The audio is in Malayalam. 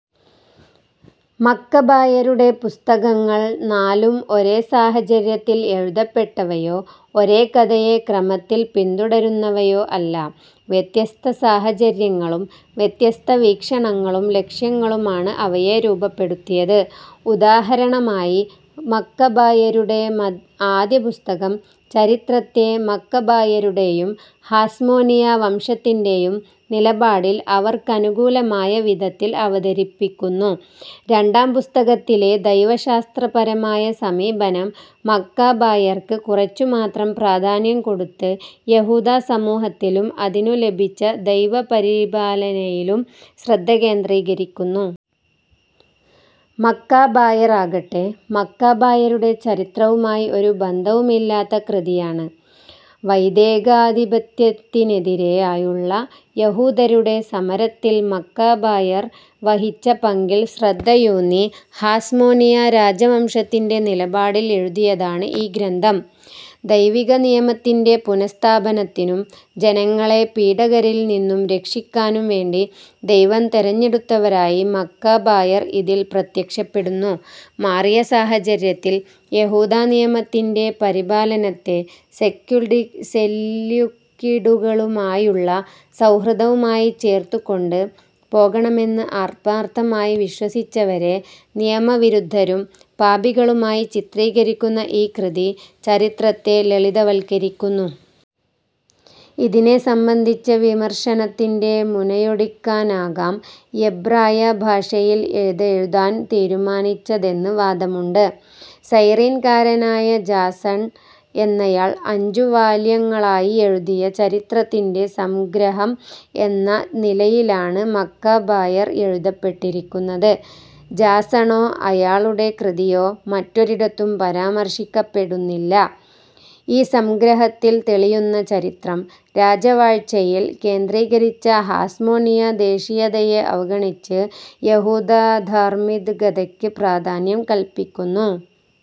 മക്കബായരുടെ പുസ്തകങ്ങൾ നാലും ഒരേ സാഹചര്യത്തിൽ എഴുതപ്പെട്ടവയോ ഒരേ കഥയെ ക്രമത്തിൽ പിന്തുടരുന്നവയോ അല്ല. വ്യത്യസ്തസാഹചര്യങ്ങളും വ്യത്യസ്തവീക്ഷണങ്ങളും ലക്ഷ്യങ്ങളുമാണ് അവയെ രൂപപ്പെടുത്തിയത്. ഉദാഹരണമായി മക്കബായരുടെ ആദ്യപുസ്തകം ചരിത്രത്തെ, മക്കബായരുടേയും ഹാസ്മോനിയ വംശത്തിന്റേയും നിലപാടിൽ അവർക്കനുകൂലമായ വിധത്തിൽ അവതരിപ്പിക്കുന്നു. രണ്ടാം പുസ്തകത്തിലെ ദൈവശാസ്ത്രപരമായ സമീപനം, മക്കബായർക്ക് കുറച്ചു മാത്രം പ്രാധാന്യം കൊടുത്ത് യഹൂദസമൂഹത്തിലും അതിനു ലഭിച്ച ദൈവപരിപാലനയിലും ശ്രദ്ധകേന്ദ്രീകരിക്കുന്നു. മക്കബായർ ആകട്ടെ, മക്കബായരുടെ ചരിത്രവുമായി ഒരു ബന്ധവുമില്ലാത്ത കൃതിയാണ്. വൈദേശികാധിപത്യത്തിനെതിരായുള്ള യഹൂദരുടെ സമരത്തിൽ മക്കബായർ വഹിച്ച പങ്കിൽ ശ്രദ്ധയൂന്നി ഹാസ്മോനിയ രാജവംശത്തിന്റെ നിലപാടിൽ എഴുതിയതാണ് ഈ ഗ്രന്ഥം. ദൈവികനിയമത്തിന്റെ പുനഃസ്ഥാപനത്തിനും ജനങ്ങളെ പീഡകരിൽ നിന്നു രക്ഷിക്കാനും വേണ്ടി ദൈവം തെരഞ്ഞെടുത്തവരായി മക്കബായർ ഇതിൽ പ്രത്യക്ഷപ്പെടുന്നു. മാറിയ സാഹചര്യങ്ങളിൽ, യഹൂദനിയമത്തിന്റെ പരിപാലനത്തെ സെല്യൂക്കിഡുകളുമായുള്ള സൗഹൃദവുമായി ചേർത്തുകൊണ്ടു പോകണമെന്ന് ആത്മാർത്ഥമായി വിശ്വസിച്ചവരെ നിയമവിരുദ്ധരും പാപികളുമായി ചിത്രീകരിക്കുന്ന ഈ കൃതി ചരിത്രത്തെ ലളിതവൽക്കരിക്കുന്നു. ഇതിനെ സംബന്ധിച്ച വിമർശനത്തിന്റെ മുനയൊടിക്കാനാകാം എബ്രായ ഭാഷയിൽ ഇതെഴുതാൻ തീരുമാനിച്ചതെന്നു വാദമുണ്ട്. സൈറീൻകാരനായ ജാസൺ എന്നയാൾ അഞ്ചു വാല്യങ്ങളായി എഴുതിയ ചരിത്രത്തിന്റെ സംഗ്രഹം എന്ന നിലയിലാണ് മക്കബായർ എഴുതപ്പെട്ടിരിക്കുന്നത്. ജാസണോ അയാളുടെ കൃതിയോ മറ്റൊരിടത്തും പരാമർശിക്കപ്പെടുന്നില്ല. ഈ സംഗ്രഹത്തിൽ തെളിയുന്ന ചരിത്രം, രാജവാഴ്ചയിൽ കേന്ദ്രീകരിച്ച ഹാസ്മോനിയ ദേശീയതയെ അവഗണിച്ച് യഹൂദധാർമ്മികതയ്ക്ക് പ്രാധാന്യം കല്പിക്കുന്നു.